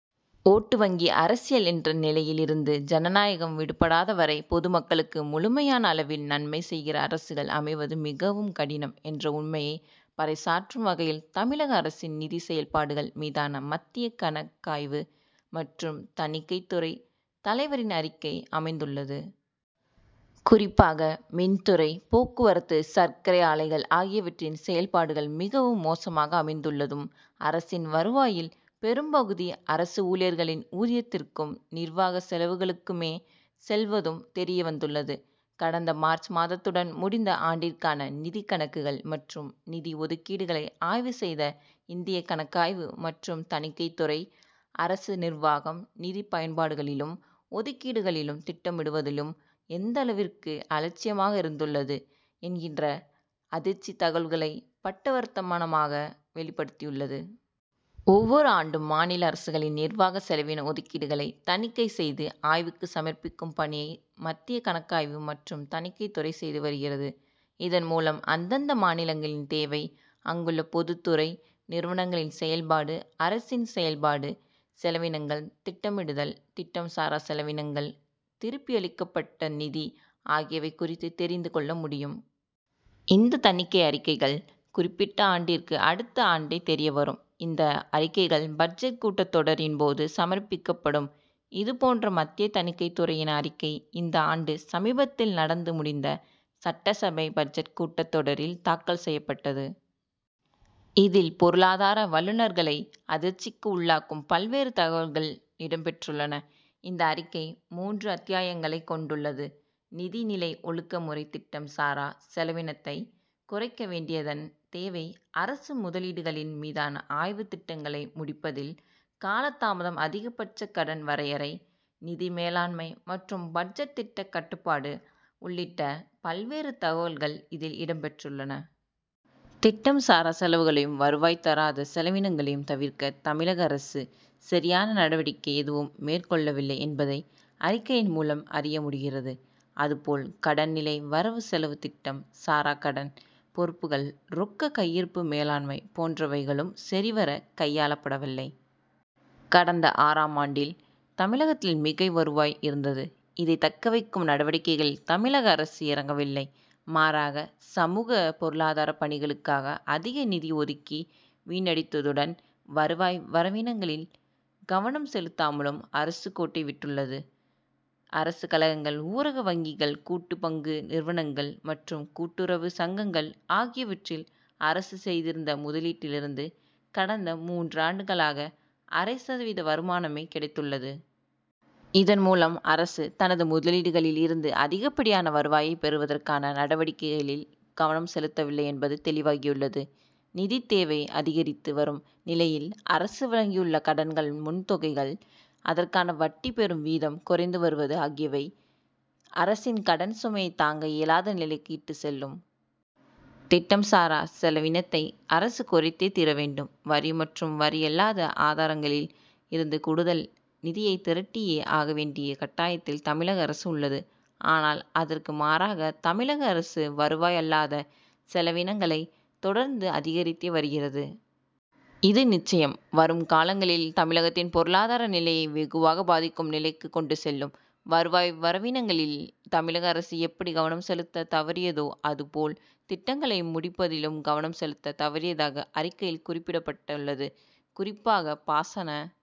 ஓட்டு வங்கி அரசியல் என்ற நிலையில் இருந்து ஜனநாயகம் விடுபடாத வரை பொதுமக்களுக்கு முழுமையான அளவில் நன்மை செய்கிற அரசுகள் அமைவது மிகவும் கடினம் என்ற உண்மையை பறைசாற்றும் வகையில் தமிழக அரசின் நிதி செயல்பாடுகள் மீதான மத்திய கணக் காய்வு மற்றும் தணிக்கைத் துறை தலைவரின் அறிக்கை அமைந் துள்ளது. குறிப்பாக, மின்துறை, போக்குவரத்து, சர்க்கரை ஆலைகள் ஆகியவற்றின் செயல்பாடுகள் மிகவும் மோசமாக அமைந்துள்ளதும் அரசின் வருவாயில் பெரும்பகுதி அரசு ஊழியர்களின் ஊதியத் திற்கும் நிர்வாக செலவுகளுக்குமே செல்வதும் தெரியவந்துள்ளது. கடந்த மார்ச் மாதத்துடன் முடிந்த ஆண்டிற்கான நிதிக் கணக்குகள் மற்றும் நிதி ஒதுக்கீடுகளை ஆய்வு செய்த இந்திய கணக்காய்வு மற்றும் தணிக்கைத்துறை, அரசு நிர்வாகம், நிதி பயன்பாடுகளிலும், ஒதுக்கீடுகளிலும் திட்டமிடுவதிலும் எந்தளவிற்கு அலட்சியமாக இருந்துள்ளது என் கிற அதிர்ச்சி தகவல்களை பட்டவர்த்தனமாக வெளிப்படுத்தியுள்ளது. ஒவ்வொரு ஆண்டும் மாநில அரசுகளின் நிர்வாக செலவின ஒதுக்கீடுகளை தணிக்கை செய்து ஆய்வுக்கு சமர்ப்பிக்கும் பணியை மத்திய கணக்காய்வு மற்றும் தணிக்கைத்துறை செய்து வருகிறது. இதன் மூலம் அந்தந்த மாநிலங் களின் தேவை, அங்குள்ள பொதுத் துறை நிறுவனங்களின் செயல் பாடு, அரசின் செயல்பாடு, செலவினங்கள், திட்டமிடுதல், திட்டம் சாரா செலவினங்கள், திருப்பியளிக்கப்பட்ட நிதி ஆகியவை குறித்து தெரிந்து கொள்ள முடியும். இந்த தணிக்கை அறிக்கைகள் குறிப்பிட்ட ஆண்டிற்கு அடுத்த ஆண்டே தெரிய வரும். இந்த அறிக்கைகள் பட்ஜெட் கூட்டத் தொடரின் போது சமர்ப்பிக்கப் படும். இது போன்ற மத்திய தணிக்கைத் துறையின் அறிக்கை இந்த ஆண்டு, சமீபத்தில் நடந்து முடிந்த சட்டசபை பட்ஜெட் கூட்டத் தொடரில் தாக்கல் செய்யப்பட்டது. இதில் பொருளாதார வல்லுனர்களை அதிர்ச்சிக்கு உள்ளாக்கும் பல்வேறு தகவல்கள் இடம் பெற்றுள்ளன. இந்த அறிக்கை மூன்று அத்தியாயங்களை கொண் டுள்ளது. நிதி நிலை ஒழுக்க முறை திட்டம் சாரா செலவினத்தை குறைக்க வேண்டியதன் தேவை அரசு முதலீடுகளின் மீதான ஆய்வு திட்டங்களை முடிப்பதில் காலதாமதம் அதிகபட்ச கடன் வரையறை; நிதி மேலாண்மை மற்றும் பட்ஜெட் திட்ட கட்டுப்பாடு உள் ளிட்ட பல்வேறு தகவல்கள் இதில் இடம் பெற்றுள்ளன. திட்டம் சாரா செலவுகளையும், வருவாய் தராத செலவினங்களையும் தவிர்க்க தமிழக அரசு, சரியான நடவடிக்கை எதுவும் மேற் கொள்ளவில்லை என்பதை, அறிக் கையின் மூலம் அறிய முடிகிறது. அது போல், கடன் நிலை வரவு செலவு திட்டம் சாரா கடன் பொறுப்புகள் ரொக்க கையிருப்பு மேலாண்மை போன்றவைகளும் சரி வர கையாளப்படவில்லை. கடந்த ஆறு ஆம் ஆண்டில், தமிழகத்தில் மிகை வருவாய் இருந்தது. இதை தக்க வைக்கும் நடவடிக்கைகளில் தமிழக அரசு இறங்கவில்லை. மாறாக, சமூக, பொருளாதாரப் பணிகளுக்காக அதிக நிதி ஒதுக்கி வீணடித்ததுடன், வருவாய் வரவினங்களில் கவனம் செலுத்தாமலும் அரசு கோட்டை விட்டுள்ளது. அரசு கழகங்கள் ஊரக வங்கிகள் கூட்டு பங்கு நிறுவனங்கள் மற்றும் கூட்டுறவு சங்கங்கள் ஆகியவற்றில் அரசு செய்திருந்த முதலீட்டிலிருந்து கடந்த மூன்றாண்டுகளாக அரை சதவீத வருமானமே கிடைத்துள்ளது. இதன் மூலம் அரசு, தனது முதலீடுகளில் இருந்து அதிகப்படியான வருவாயை பெறுவதற்கான நடவடிக்கைகளில் கவனம் செலுத்தவில்லை என்பது தெளிவாகியுள்ளது. நிதித் தேவை அதிகரித்து வரும் நிலையில் அரசு வழங்கியுள்ள கடன்கள் முன் தொகைகள், அதற்கான வட்டி பெறும் வீதம் குறைந்து வருவது ஆகியவை அரசின் கடன் சுமையை தாங்க இயலாத நிலைக்கு இட்டு செல்லும். திட்டம் சாரா செலவினத்தை அரசு குறைத்தே தீர வேண்டும் வரி மற்றும் வரியல்லாத ஆதாரங் களில் இருந்து கூடுதல் நிதியை திரட்டியே ஆக வேண்டிய கட்டாயத்தில் தமிழக அரசு உள்ளது. ஆனால், அதற்கு மாறாக தமிழக அரசு வருவாய் அல்லாத செலவினங்களை தொடர்ந்து அதிகரித்தே வருகிறது. இது நிச்சயம் வரும் காலங்களில் தமிழகத்தின் பொருளாதார நிலையை வெகுவாக பாதிக்கும் நிலைக்கு கொண்டு செல்லும். வருவாய் வரவினங்களில் தமிழக அரசு எப்படி கவனம் செலுத்த தவறியதோ அதுபோல் திட்டங்களை முடிப்பதிலும் கவனம் செலுத்த தவறியதாக அறிக்கையில் குறிப்பிடப்பட் டுள்ளது. குறிப்பாக பாசன